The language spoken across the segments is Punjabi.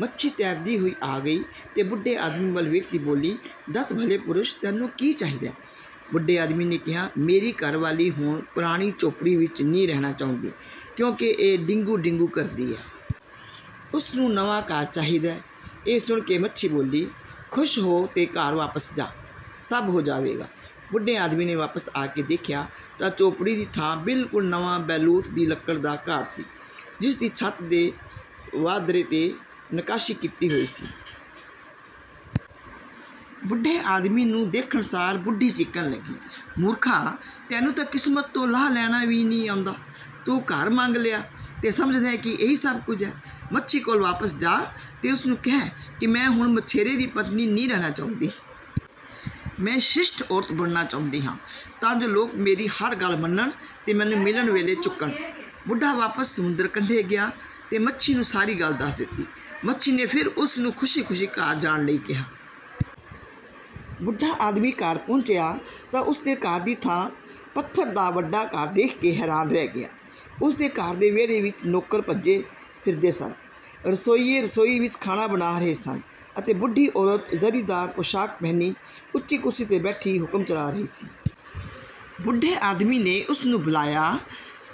ਮੱਛੀ ਤੈਰਦੀ ਹੋਈ ਆ ਗਈ ਤੇ ਬੁੱਢੇ ਆਦਮੀ ਵੱਲ ਦੇਖਦੀ ਬੋਲੀ, ''ਦੱਸ, ਭਲੇ ਪੁਰਸ਼ ਤੈਨੂੰ ਕੀ ਚਾਹੀਦੈ? " ਬੁੱਢੇ ਆਦਮੀ ਨੇ ਕਿਹਾ,''ਮੇਰੀ ਘਰਵਾਲੀ ਹੁਣ ਪੁਰਾਣੀ ਝੌਂਪੜੀ ਵਿੱਚ ਨ੍ਹੀਂ ਰਹਿਣਾ ਚਾਹੁੰਦੀ ਕਿਉਂਕਿ ਇਹ ਡਿਗੂੰ-ਡਿਗੂੰ ਕਰਦੀ ਐ। ਉਸ ਨੂੰ ਨਵਾਂ ਘਰ ਚਾਹੀਦੈ। " ਇਹ ਸੁਣ ਕੇ ਮੱਛੀ ਬੋਲੀ,''ਖ਼ੁਸ਼ ਹੋ ਤੇ ਘਰ ਵਾਪਸ ਜਾਹ। ਸਭ ਹੋ ਜਾਵੇਗਾ। " ਬੁੱਢੇ ਆਦਮੀ ਨੇ ਵਾਪਸ ਆ ਕੇ ਦੇਖਿਆ ਤਾਂ ਝੌਂਪੜੀ ਦੀ ਥਾਂ ਬਿਲਕੁਲ ਨਵਾਂ ਬੈਲੂਤ ਦੀ ਲੱਕੜ ਦਾ ਘਰ ਸੀ ਜਿਸ ਦੀ ਛੱਤ ਦੇ ਵਾਧਰੇ 'ਤੇ ਨਕਾਸ਼ੀ ਕੀਤੀ ਹੋਈ ਸੀ। ਬੁੱਢੇ ਆਦਮੀ ਨੂੰ ਦੇਖਣ ਸਾਰ ਬੁੱਢੀ ਚੀਕਣ ਲੱਗੀ, ''ਮੂਰਖਾ, ਤੈਨੂੰ ਤਾਂ ਕਿਸਮਤ ਤੋਂ ਲਾਹਾ ਲੈਣਾ ਵੀ ਨ੍ਹੀਂ ਆਉਂਦਾ। ਤੂੰ ਘਰ ਮੰਗ ਲਿਆ ਤੇ ਸਮਝਦੈਂ ਕਿ ਇਹੀ ਸਭ ਕੁਝ ਹੈ। ਮੱਛੀ ਕੋਲ ਵਾਪਸ ਜਾਹ ਤੇ ਉਸ ਨੂੰ ਕਹਿ ਕਿ ਮੈਂ ਹੁਣ ਮਛੇਰੇ ਦੀ ਪਤਨੀ ਨ੍ਹੀਂ ਰਹਿਣਾ ਚਾਹੁੰਦੀ। ਮੈਂ ਸ਼ਿਸ਼ਟ ਔਰਤ ਬਣਨਾ ਚਾਹੁੰਦੀ ਹਾਂ ਤਾਂ ਜੋ ਲੋਕ ਮੇਰੀ ਹਰ ਗੱਲ ਮੰਨਣ ਤੇ ਮੈਨੂੰ ਮਿਲਣ ਵੇਲੇ ਝੁਕਣ। " ਬੁੱਢਾ ਵਾਪਸ ਸਮੁੰਦਰ ਕੰਢੇ ਗਿਆ ਤੇ ਮੱਛੀ ਨੂੰ ਸਾਰੀ ਗੱਲ ਦੱਸ ਦਿੱਤੀ। ਮੱਛੀ ਨੇ ਫਿਰ ਉਸ ਨੂੰ ਖ਼ੁਸ਼ੀ ਖ਼ੁਸ਼ੀ ਘਰ ਜਾਣ ਲਈ ਕਿਹਾ। ਬੁੱਢਾ ਆਦਮੀ ਘਰ ਪਹੁੰਚਿਆ ਤਾਂ ਉਸ ਦੇ ਘਰ ਦੀ ਥਾਂ ਪੱਥਰ ਦਾ ਵੱਡਾ ਘਰ ਦੇਖ ਕੇ ਹੈਰਾਨ ਰਹਿ ਗਿਆ। ਉਸ ਦੇ ਘਰ ਦੇ ਵਿਹੜੇ ਵਿੱਚ ਨੌਕਰ ਭੱਜੇ ਫਿਰਦੇ ਸਨ। ਰਸੋਈਏ ਰਸੋਈ ਵਿੱਚ ਖਾਣਾ ਬਣਾ ਰਹੇ ਸਨ ਅਤੇ ਬੁੱਢੀ ਔਰਤ ਜ਼ਰੀਦਾਰ ਪੋਸ਼ਾਕ ਪਹਿਨੀ ਉੱਚੀ ਕੁਰਸੀ 'ਤੇ ਬੈਠੀ ਹੁਕਮ ਚਲਾ ਰਹੀ ਸੀ। ਬੁੱਢੇ ਆਦਮੀ ਨੇ ਉਸ ਨੂੰ ਬੁਲਾਇਆ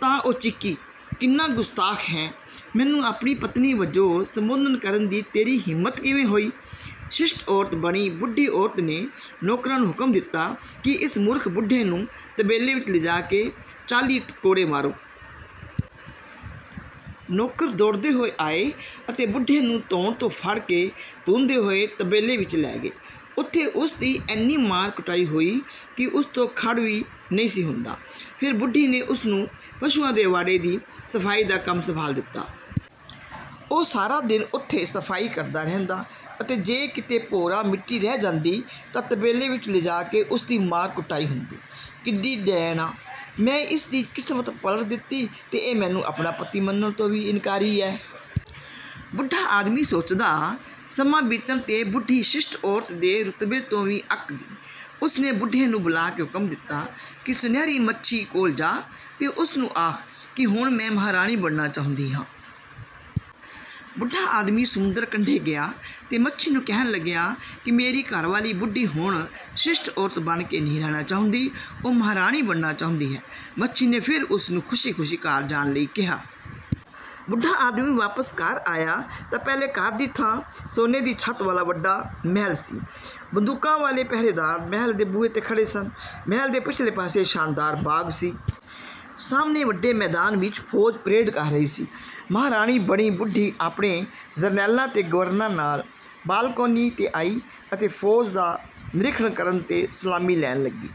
ਤਾਂ ਉਹ ਚੀਕੀ, ''ਕਿੰਨਾ ਗੁਸਤਾਖ਼ ਹੈ! ਮੈਨੂੰ ਆਪਣੀ ਪਤਨੀ ਵਜੋਂ ਸੰਬੋਧਨ ਕਰਨ ਦੀ ਤੇਰੀ ਹਿੰਮਤ ਕਿਵੇਂ ਹੋਈ? " ਸ਼ਿਸ਼ਟ ਔਰਤ ਬਣੀ ਬੁੱਢੀ ਔਰਤ ਨੇ ਨੌਕਰਾਂ ਨੂੰ ਹੁਕਮ ਦਿੱਤਾ ਕਿ ਇਸ ਮੂਰਖ ਬੁੱਢੇ ਨੂੰ ਤਬੇਲੇ ਵਿੱਚ ਲਿਜਾ ਕੇ ਚਾਲੀ ਕੋੜੇ ਮਾਰੋ। ਨੌਕਰ ਦੌੜਦੇ ਹੋਏ ਆਏ ਅਤੇ ਬੁੱਢੇ ਨੂੰ ਧੌਣ ਤੋਂ ਫੜ੍ਹ ਕੇ ਧੂੰਹਦੇ ਹੋਏ ਤਬੇਲੇ ਵਿੱਚ ਲੈ ਗਏ। ਉੱਥੇ ਉਸ ਦੀ ਐਨੀ ਮਾਰ-ਕੁਟਾਈ ਹੋਈ ਕਿ ਉਸ ਤੋਂ ਖੜ੍ਹ ਵੀ ਨਹੀਂ ਸੀ ਹੁੰਦਾ। ਫਿਰ ਬੁੱਢੀ ਨੇ ਉਸ ਨੂੰ ਪਸ਼ੂਆਂ ਦੇ ਵਾੜੇ ਦੀ ਸਫ਼ਾਈ ਦਾ ਕੰਮ ਸੰਭਾਲ ਦਿੱਤਾ। ਉਹ ਸਾਰਾ ਦਿਨ ਉੱਥੇ ਸਫ਼ਾਈ ਕਰਦਾ ਰਹਿੰਦਾ ਅਤੇ ਜੇ ਕਿਤੇ ਭੋਰਾ ਮਿੱਟੀ ਰਹਿ ਜਾਂਦੀ ਤਾਂ ਤਬੇਲੇ ਵਿੱਚ ਲਿਜਾ ਕੇ ਉਸ ਦੀ ਮਾਰ-ਕੁਟਾਈ ਹੁੰਦੀ। ''ਕਿੱਡੀ ਡੈਣ ਆ? ਮੈਂ ਇਸ ਦੀ ਕਿਸਮਤ ਪਲਟ ਦਿੱਤੀ ਤੇ ਇਹ ਮੈਨੂੰ ਆਪਣਾ ਪਤੀ ਮੰਨਣ ਤੋਂ ਵੀ ਇਨਕਾਰੀ ਐ। " ਬੁੱਢਾ ਆਦਮੀ ਸੋਚਦਾ। ਸਮਾਂ ਬੀਤਣ 'ਤੇ ਬੁੱਢੀ ਸ਼ਿਸ਼ਟ ਔਰਤ ਦੇ ਰੁਤਬੇ ਤੋਂ ਵੀ ਅੱਕ ਗਈ। ਉਸ ਨੇ ਬੁੱਢੇ ਨੂੰ ਬੁਲਾ ਕੇ ਹੁਕਮ ਦਿੱਤਾ ਕਿ ਸੁਨਹਿਰੀ ਮੱਛੀ ਕੋਲ ਜਾਹ ਤੇ ਉਸ ਨੂੰ ਆਖ ਕਿ ਹੁਣ ਮੈਂ ਮਹਾਰਾਣੀ ਬਣਨਾ ਚਾਹੁੰਦੀ ਹਾਂ। ਬੁੱਢਾ ਆਦਮੀ ਸਮੁੰਦਰ ਕੰਢੇ ਗਿਆ ਤੇ ਮੱਛੀ ਨੂੰ ਕਹਿਣ ਲੱਗਿਆ ਕਿ ਮੇਰੀ ਘਰਵਾਲੀ ਬੁੱਢੀ ਹੁਣ ਸ਼ਿਸ਼ਟ ਔਰਤ ਬਣ ਕੇ ਨਹੀਂ ਰਹਿਣਾ ਚਾਹੁੰਦੀ। ਉਹ ਮਹਾਰਾਣੀ ਬਣਨਾ ਚਾਹੁੰਦੀ ਐ। ਮੱਛੀ ਨੇ ਫਿਰ ਉਸ ਨੂੰ ਖ਼ੁਸ਼ੀ ਖ਼ੁਸ਼ੀ ਘਰ ਜਾਣ ਲਈ ਕਿਹਾ। ਬੁੱਢਾ ਆਦਮੀ ਵਾਪਸ ਘਰ ਆਇਆ ਤਾਂ ਪਹਿਲੇ ਘਰ ਦੀ ਥਾਂ ਸੋਨੇ ਦੀ ਛੱਤ ਵਾਲਾ ਵੱਡਾ ਮਹਿਲ ਸੀ। ਬੰਦੂਕਾਂ ਵਾਲੇ ਪਹਿਰੇਦਾਰ ਮਹਿਲ ਦੇ ਬੂਹੇ 'ਤੇ ਖੜ੍ਹੇ ਸਨ। ਮਹਿਲ ਦੇ ਪਿਛਲੇ ਪਾਸੇ ਸ਼ਾਨਦਾਰ ਬਾਗ਼ ਸੀ। ਸਾਹਮਣੇ ਵੱਡੇ ਮੈਦਾਨ ਵਿੱਚ ਫ਼ੌਜ ਪਰੇਡ ਕਰ ਰਹੀ ਸੀ। ਮਹਾਰਾਣੀ ਬਣੀ ਬੁੱਢੀ ਆਪਣੇ ਜਰਨੈਲਾਂ ਤੇ ਗਵਰਨਰਾਂ ਨਾਲ ਬਾਲਕੋਨੀ 'ਤੇ ਆਈ ਅਤੇ ਫ਼ੌਜ ਦਾ ਨਿਰੀਖਣ ਕਰਨ ਤੇ ਸਲਾਮੀ ਲੈਣ ਲੱਗੀ।